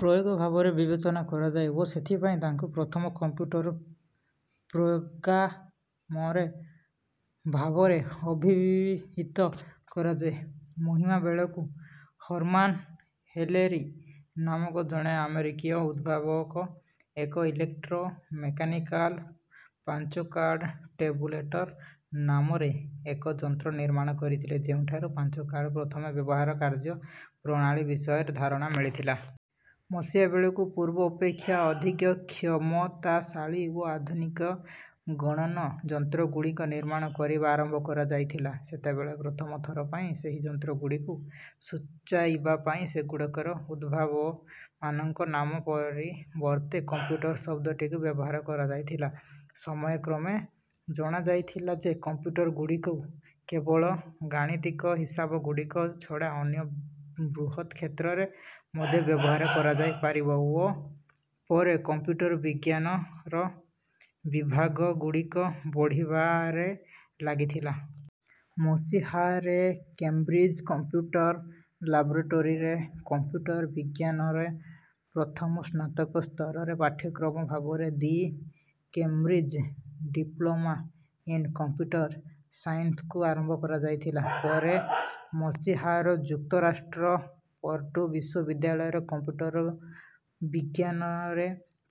ପ୍ରୟୋଗୋ ଭାବରେ ବିବେଚନା କରାଯାଏ ଓ ସେଥିପାଇଁ ତାଙ୍କୁ ପ୍ରଥମ କମ୍ପ୍ୟୁଟର ପ୍ରୋଗାମରେ ଭାବରେ ଅଭିହିତ କରାଯାଏ। ମହିମା ବେଳକୁ ହର୍ମାନ ହେଲେରୀ ନାମକ ଜଣେ ଆମେରିକୀୟ ଉଦ୍ଭାବକ ଏକ ଇଲେକ୍ଟ୍ରୋ-ମେକାନିକାଲ ପଞ୍ଚ କାର୍ଡ ଟାବୁଲେଟର ନାମରେ ଏକ ଯନ୍ତ୍ର ନିର୍ମାଣ କରିଥିଲେ, ଯେଉଁଠାରୁ ପଞ୍ଚ କାର୍ଡର ପ୍ରଥମ ବ୍ୟବହାର କାର୍ଯ୍ୟ ପ୍ରଣାଳୀ ବିଷୟରେ ଧାରଣା ମିଳିଥିଲା। ମସିହା ବେଳକୁ ପୂର୍ବ ଅପେକ୍ଷା ଅଧିକ କ୍ଷମତାଶାଳୀ ଓ ଆଧୁନିକ ଗଣନ ଯନ୍ତ୍ରଗୁଡ଼ିକ ନିର୍ମାଣ କରିବା ଆରମ୍ଭ କରାଯାଇଥିଲା। ସେତେବେଳେ ପ୍ରଥମ ଥର ପାଇଁ ସେହି ଯନ୍ତ୍ରଗୁଡ଼ିକୁ ସୂଚାଇବା ପାଇଁ ସେଗୁଡ଼ିକର ଉଦ୍ଭାବମାନଙ୍କ ନାମ ପରିବର୍ତ୍ତେ କମ୍ପ୍ୟୁଟର ଶବ୍ଦଟିକୁ ବ୍ୟବହାର କରାଯାଇଥିଲା। ସମୟକ୍ରମେ ଜଣାଯାଇଥିଲା ଯେ କମ୍ପ୍ୟୁଟରଗୁଡ଼ିକୁ କେବଳ ଗାଣିତିକ ହିସାବଗୁଡ଼ିକ ଛଡ଼ା ଅନ୍ୟ ବୃହତ କ୍ଷେତ୍ରରେ ମଧ୍ୟ ବ୍ୟବହାର କରାଯାଇପାରିବ, ଓ ପରେ କମ୍ପ୍ୟୁଟର ବିଜ୍ଞାନର ବିଭାଗଗୁଡ଼ିକ ବଢ଼ିବାରେ ଲାଗିଥିଲା। ମସିହାରେ କେମ୍ବ୍ରିଜ କମ୍ପ୍ୟୁଟର ଲାବୋରେଟୋରୀଠାରେ କମ୍ପ୍ୟୁଟର ବିଜ୍ଞାନରେ ପ୍ରଥମ ସ୍ନାତକ ସ୍ତରର ପାଠ୍ୟକ୍ରମ ଭାବରେ the Cambridge diploma in computer ସାଇନ୍ସକୁ ଆରମ୍ଭ କରାଯାଇଥିଲା। ପରେ ମସିହାର ଯୁକ୍ତରାଷ୍ଟ୍ର ପର୍ଡୁ ବିଶ୍ୱବିଦ୍ୟାଳୟଠାରେ କମ୍ପ୍ୟୁଟର ବିଜ୍ଞାନରେ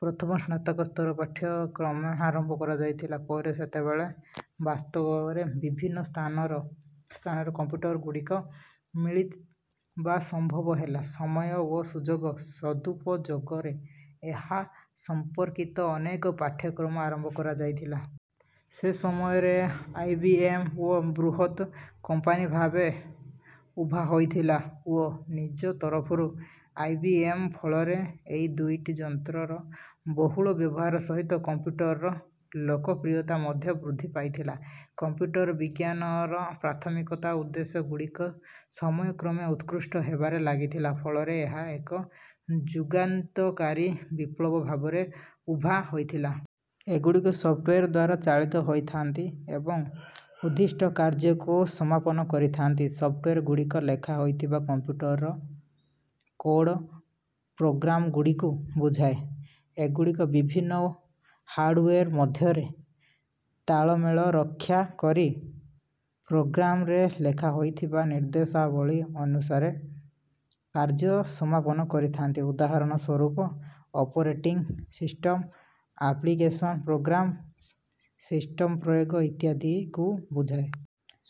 ପ୍ରଥମ ସ୍ନାତକ ସ୍ତର ପାଠ୍ୟକ୍ରମ ଆରମ୍ଭ କରାଯାଇଥିଲା। ପରେ ସେତେବେଳେ ବାସ୍ତବରେ ବିଭିନ୍ନ ସ୍ଥାନର ସ୍ଥାନର କମ୍ପ୍ୟୁଟରଗୁଡ଼ିକ ମିଳିତ୍ ବା ସମ୍ଭବ ହେଲା, ସମୟ ଓ ସୁଯୋଗ ସଦୁପଯୋଗରେ ଏହା ସମ୍ପର୍କିତ ଅନେକ ପାଠ୍ୟକ୍ରମ ଆରମ୍ଭ କରାଯାଇଥିଲା। ସେ ସମୟରେ ଆଇବିଏମ ଓ ବୃହତ କମ୍ପାନୀ ଭାବେ ଉଭା ହୋଇଥିଲା, ଓ ନିଜ ତରଫରୁ ଆଇବିଏମ ଫଳରେ ଏହି ଦୁଇଟି ଯନ୍ତ୍ରର ବହୁଳ ବ୍ୟବହାର ସହିତ କମ୍ପ୍ୟୁଟରର ଲୋକପ୍ରିୟତା ମଧ୍ୟ ବୃଦ୍ଧି ପାଇଥିଲା। କମ୍ପ୍ୟୁଟର ବିଜ୍ଞାନର ପ୍ରାଥମିକ ଉଦ୍ଦେଶ୍ୟଗୁଡ଼ିକ ସମୟକ୍ରମେ ଉତ୍କୃଷ୍ଟ ହେବାରେ ଲାଗିଥିଲା, ଫଳରେ ଏହା ଏକ ଯୁଗାନ୍ତକାରୀ ବିପ୍ଲବ ଭାବରେ ଉଭା ହୋଇଥିଲା। ଏଗୁଡ଼ିକ ସଫ୍ଟୱେର ଦ୍ୱାରା ଚାଳିତ ହୋଇଥାନ୍ତି ଏବଂ ଉଦ୍ଦିଷ୍ଟ କାର୍ଯ୍ୟକୁ ସମାପନ କରିଥାନ୍ତି। ସଫ୍ଟୱେରଗୁଡ଼ିକ ଲେଖା ହୋଇଥିବା କମ୍ପ୍ୟୁଟର କୋଡ଼ ପ୍ରୋଗ୍ରାମଗୁଡ଼ିକୁ ବୁଝାଏ। ଏଗୁଡ଼ିକ ବିଭିନ୍ନ ହାର୍ଡୱେର ମଧ୍ୟରେ ତାଳମେଳ ରକ୍ଷା କରି ପ୍ରୋଗ୍ରାମରେ ଲେଖା ହୋଇଥିବା ନିର୍ଦ୍ଦେଶାବଳୀ ଅନୁସାରେ କାର୍ଯ୍ୟ ସମାପନ କରିଥାନ୍ତି। ଉଦାହରଣ ସ୍ୱରୂପ operating system, application program, system ପ୍ରୟୋଗ ଇତ୍ୟାଦିଙ୍କୁ ବୁଝାଏ।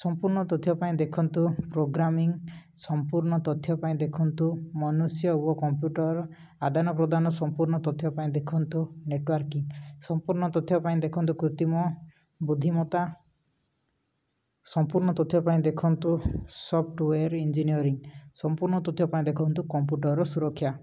ସମ୍ପୂର୍ଣ୍ଣ ତଥ୍ୟ ପାଇଁ ଦେଖନ୍ତୁ ପ୍ରୋଗ୍ରାମିଂ, ସମ୍ପୂର୍ଣ୍ଣ ତଥ୍ୟ ପାଇଁ ଦେଖନ୍ତୁ ମନୁଷ୍ୟ ଓ କମ୍ପ୍ୟୁଟର ଆଦାନପ୍ରଦାନ, ସମ୍ପୂର୍ଣ୍ଣ ତଥ୍ୟ ପାଇଁ ଦେଖନ୍ତୁ ନେଟୱର୍କିଂ, ସମ୍ପୂର୍ଣ୍ଣ ତଥ୍ୟ ପାଇଁ ଦେଖନ୍ତୁ କୃତ୍ରିମ ବୁଦ୍ଧିମତ୍ତା, ସମ୍ପୂର୍ଣ୍ଣ ତଥ୍ୟ ପାଇଁ ଦେଖନ୍ତୁ ସଫ୍ଟୱେର ଇଞ୍ଜିନିୟରିଂ, ସମ୍ପୂର୍ଣ୍ଣ ତଥ୍ୟ ପାଇଁ ଦେଖନ୍ତୁ କମ୍ପ୍ୟୁଟର ସୁରକ୍ଷା।